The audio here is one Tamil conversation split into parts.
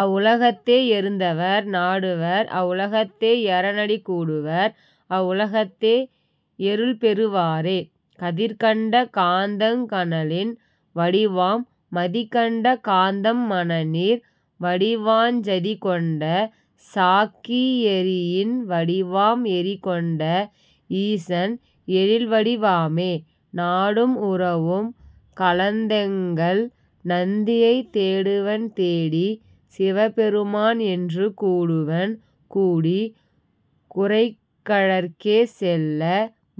அவ்வுல கத்தே யருந்தவர் நாடுவர் அவ்வுல கத்தே யரனடி கூடுவர் அவ்வுல கத்தே யருள்பெறு வாரே. கதிர்கண்ட காந்தங் கனலின் வடிவாம் மதிகண்ட காந்தம் மணிநீர் வடிவாஞ் சதிகொண்ட சாக்கி யெரியின் வடிவாம் எரிகொண்ட ஈசன் எழில்வடி வாமே. நாடும் உறவும் கலந்தெங்கள் நந்தியைத் தேடுவன் தேடிச் சிவபெரு மான்என்று கூடுவன் கூடிக் குரைகழற் கேசெல்ல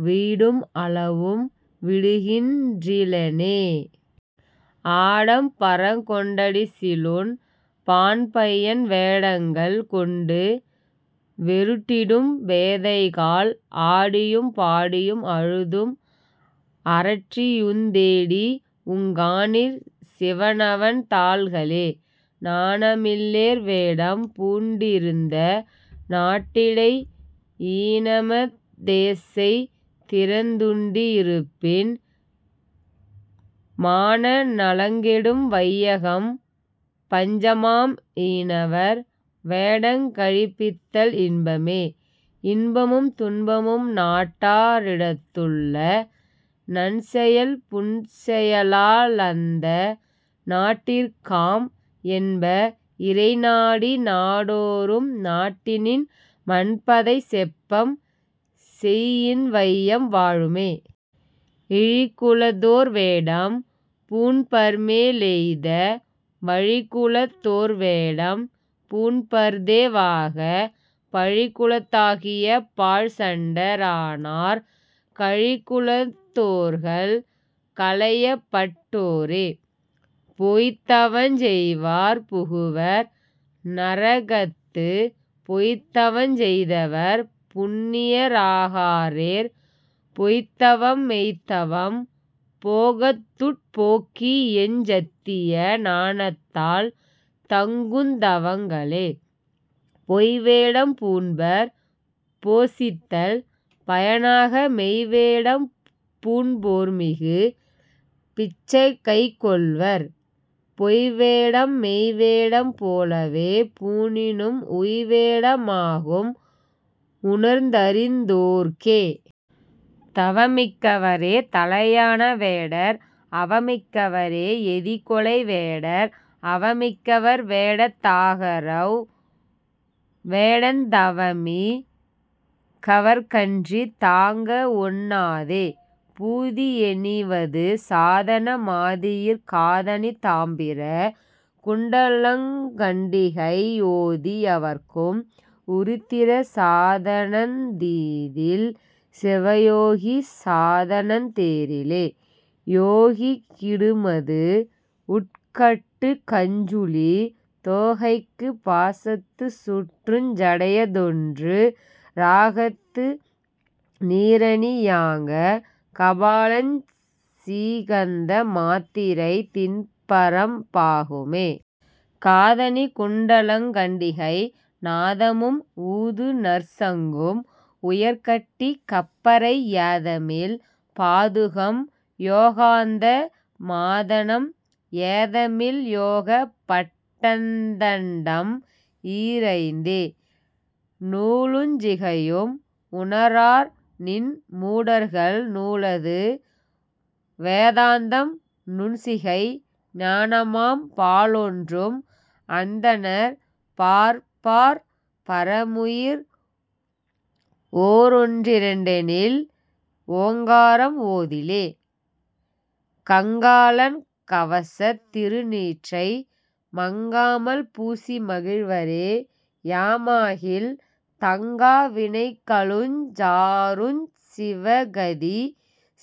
வீடும் அளவும் விடுகின் றிலெனே. ஆடம் பரங்கொண் டடிசிலுண் பான்பயன் வேடங்கள் கொண்டு வெருட்டிடும் பேதைகாள் ஆடியும் பாடியும் அழுதும் அரற்றியுந் தேடியுங் காணீர் சிவனவன் தாள்களே. ஞானமில் லேர்வேடம் பூண்டிருந்த நாட்டிடை ஈனம தேசெய் திரந்துண் டிருப்பினும் மான நலங்கெடும் வையகம் பஞ்ச்மாம் ஈனவர் வேடங் கழிப்பித்தல் இன்பமே. இன்பமும் துன்பமும் நாட்டா ரிடத்துள்ள நன்செயல் புன்செய லாலந்த நாட்டிற்காம் என்ப இறைநாடி நாடோறும் நாட்டினின் மன்பதை செப்பம் செயின்வையம் வாழுமே. இழிகுலத் தோர்வேடம் பூண்பர்மே லெய்த வழிகுலத் தோர்வேடம் பூண்பர்தே வாகப் பழிகுலத் தாகிய பாழ்சண்ட ரானார் கழிகுலத் தோர்கள் களையப்பட் டோரே. பொய்த்தவஞ் செய்வார் புகுவர் நரகத்துப் பொய்த்தவஞ் செய்தவர் புண்ணிய ராகாரேற் பொய்த்தவம்மெய்த்தவம் போகத்துட்போக்கியஞ் சத்திய ஞானத்தால் தங்குந் தவங்களே. பொய்வேடம் பூண்பர் போசித்தல் பயனாக மெய்வேடம் பூண்போர்மிகு பிச்சைகைக்கொள்வர் பொய்வேடம் மெய்வேடம் போலவே பூணினும் உய்வேட மாகும் உணர்ந்தறிந் தோர்க்கே. தவமிக் கவரே தலையான வேடர் அவமிக் கவரே யதிகொலை வேடர் அவமிக் கவர்வேடத் தாகாரவ் வேடந் தவமிக் கவர்க்கன்றித் தாங்கவொண் ணாதே. பூதி யணிவது சாதன மாதியிற் காதணி தாம்பிர குண்டலங் கண்டிகை ஓதி யவர்க்கும் உருத்திர சாதனந் தீதில் சிவயோகி சாதனந் தேரிலே. யோகிக் கிடுமது வுட்கட்டுக் கஞ்சுளி தோகைக்குப் பாசத்துச் சுற்றுஞ் சடையதொன்று றாகத்து நீறனி யாங்கக் கபாலஞ் சீகந்த மாத்திரை தின்பிரம் பாகுமே. காதணி குண்டலங் கண்டிகை நாதமும் ஊதுநற் சங்கும் உயர்கட்டி கப்பரை ஏதமில் பாதுகம் யோகாந்த மாதனம் ஏதமில் யோகபட் டந்தண்டம் ஈரைந்தே. நூலுஞ் சிகையும் உணரார்நின் மூடர்கள் நூலது வேதாந்தம் நுண்சிகை ஞானமாம் பாலொன்றும் அந்தணர் பார்ப்பார் பரமுயிர் ஓரொன் றிரண்டெனில் ஓங்காரம் ஓதிலே. கங்காளன் கவசத் திருநீற்றை மங்காமல் பூசி மகிழ்வரே யாமாகில் தங்கா வினைகளுஞ் சாருஞ் சிவகதி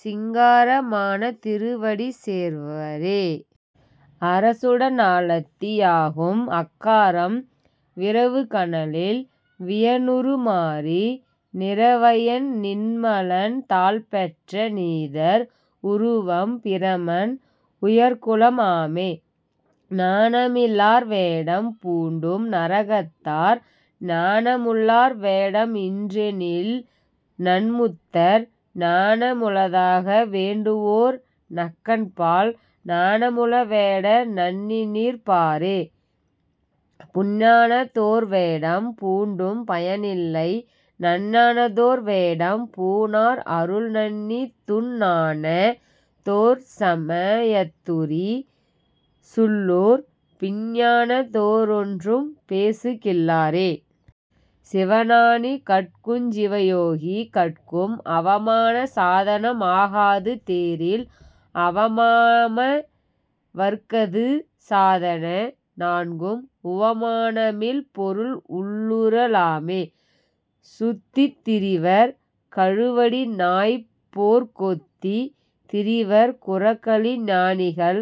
சிங்கார மான திருவடி சேர்வரே. அரசுட னாலத்தி யாகும்அக் காரம் விரவுகனலில் வியனுரு மாறி நிரவயன் நின்மலன் தாள்பெற்ற நீதர் உருவம் பிரமன் உயர்குலம் ஆமே. ஞானமி லார்வேடம் பூண்டும் நரகத்தர் ஞானமுள்ளார்வேடம்இன்றெனில்நன்முத்தர் ஞானமுளதாக வேண்டுவோர் நக்கன்பால் ஞானமுள வேட நண்ணிநிற் பாரே. புன்ஞானத் தோர்வேடம் பூண்டும் பயனில்லை நன்ஞானத்தோர்வேடம் பூணார் அருள்நண்ணித் துன்ஞானத் தோர்சம யத்துரி சுள்ளோர் பின்ஞானத் தோரொன்றும் பேசுகில்லாரே. சிவஞானி கட்குஞ் சிவயோகி கட்கும் அவமான சாதனம் ஆகாது தேரில் அவமா மவர்க்கது சாதன நான்கும் உவமான மில்பொருள் உள்ளுற லாமே. சுத்தித் திரிவர் கழுவடி நாய்போற் கொத்தித் திரிவர் குரக்களி ஞானிகள்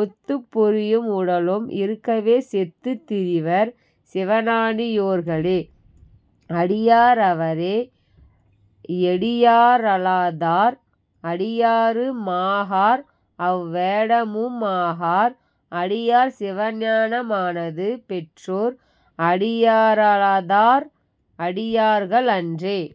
ஒத்துப் பொறியும் உடலும் இருக்கவே செத்துத் திரிவர் சிவஞானி யோர்களே. அடியா ரவரே யடியா ரலாதார் அடியாரு மாகார்அவ் வேடமு மாகார் அடியார் சிவஞான மானது பெற்றோர் அடியா ரலாதார் அடியார்கள் அன்றே.